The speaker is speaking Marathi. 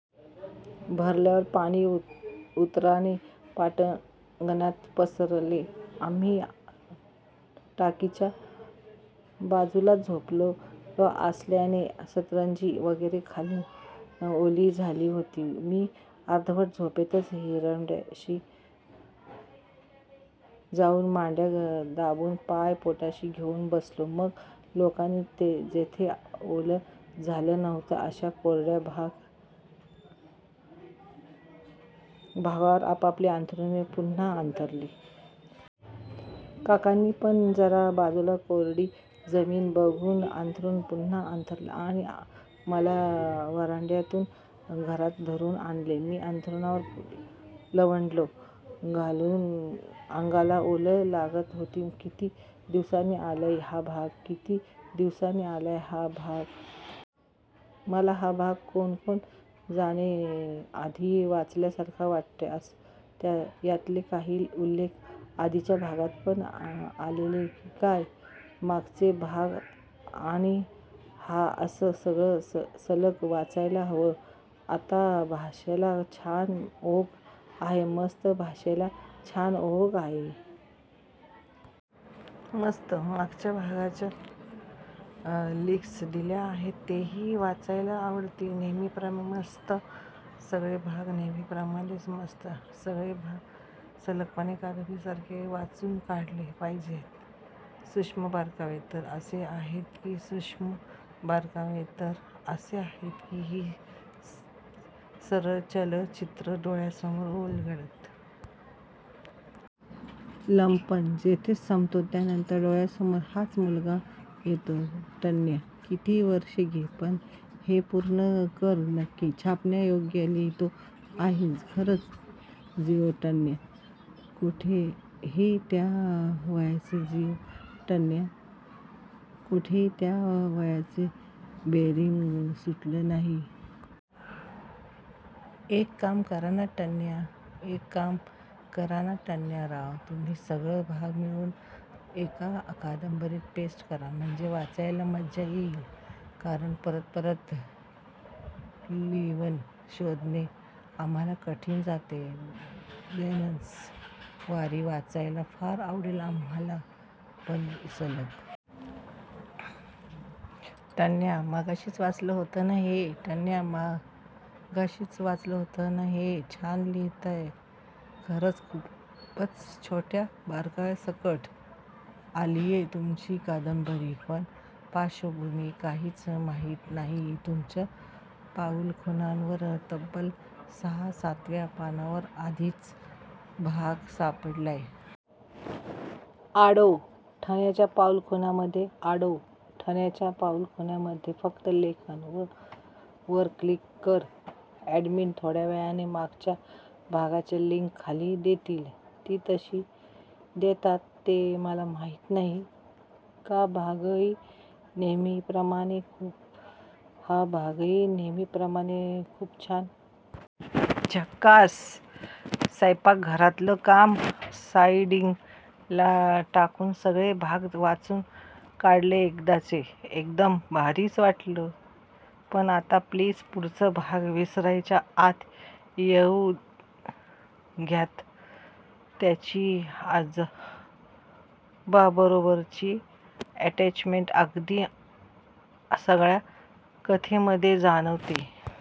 भरल्यावर पाणी उताराने पटांगणात पसरले. आम्ही टाकीच्या बाजूलाच झोपलेलो असल्याने सतरंजी वगैरे खालून ओली झाली होती. मी अर्धवट झोपेतच व्हरांड्याशी जाउन मांडया दाबून, पाय पोटाशी घेउन बसलो. मग लोकांनी जिथे ओलं झालं नव्हतं अश्या कोरड्या भागांवर आपापली अंथरुणं पुन्हा अंथरली. काकांनी पण जरा बाजूला कोरडी जमिन बघून अंथरुण पुन्हा अंथरलं आणि मला व्हरांड्यातून हाताला धरुन आणलं. मी अंथरुणावर लवंडलो. खालून अंगाला ओल लागत होती. किती दिवसांनी आलाय हा भाग. किती दिवसांनी आलाय हा भाग. मला हा भाग का कोण जाणे आधी वाचल्यासारखा वाटतोय. यातले काही उल्लेख आधीच्या भागात पण आलेत की काय? मागचे भाग अन हा असं सगळं सलग वाचायला हवं आता. भाषेला छान ओघ आहे. मस्त भाषेला छान ओघ आहे. मस्त. मागच्या भागांच्या लिंक्स दिल्या तर तेही वाचायला आवडतील. नेहमीप्रमाणेच मस्त. सगळे भाग नेहमीप्रमाणेच मस्त. सगळे भाग सलगपणे कादंबरीसारखे वाचून काढले पाहिजेत. सुक्ष्म बारकावे तर असे आहेत सुक्ष्म बारकावे तर असे आहेत की सरळ चलचित्र डोळ्यासमोर उलगडतं. लंपन जिथे संपतो त्यानंतर डोळ्यासमोर हाच मुलगा येतो. टण्या कितीही वर्ष घे, पण हे पूर्ण कर नक्की. छापण्यायोग्य लिहीतो आहेस खरंच. जियो टण्या. कुठेही त्या वयाचं जियो टण्या. कुठेही त्या वयाचं बेअरिंग सुटलं नाहीये. एक काम करा ना टण्या एक काम करा ना टण्या राव. तुम्ही सगळे भाग मिळुन एका कादंबरीत पेस्ट करा. म्हणजे वाचायला मज्जा येइल. कारण परत परत लिक्न शोधणे आम्हाला कठीण जातय. धन्स. वारी वाचायला फार आवडेल आम्हाला पण सलग. टण्या, मगाशीच वाचलं होतं हे. टण्या, मगाशीच वाचलं होतं हे. छान लिहीताय. खरंच खूपच छोट्या बारकाव्यांसकट आलीये तुमची कादंबरी. पण पार्श्वभूमी काहीच माहित नाहीये. तुमच्या पाऊलखुणांवर तब्बल सहा सातव्या पानावर आधीचा भाग सापडलाय. आडो, टण्याच्या पाऊलखुणामध्ये आडो, टण्याच्या पाऊलखुणामध्ये फक्त लेखन वर क्लिक कर अॅडमिन थोड्यावेळाने मागच्या भागांची लिंक खाली देतील. ती कशी देतात ते मला माहिती नाही. हा भागही नेहमीप्रमाणेच खूप हा भागही नेहमीप्रमाणेच खूप छान. झक्कास. स्वैंपाकघरातलं काम साईडिंगला टाकून सगळे भाग वाचून काढले एकदाचे. एकदम भारीच वाटतंय. पण आता प्लीज पुढचे भाग विसरायच्या आत येऊ द्यात. त्याची आजोबांबरोबरची अटॅचमेंट अगदी सगळ्या कथेमध्ये जाणवतेय.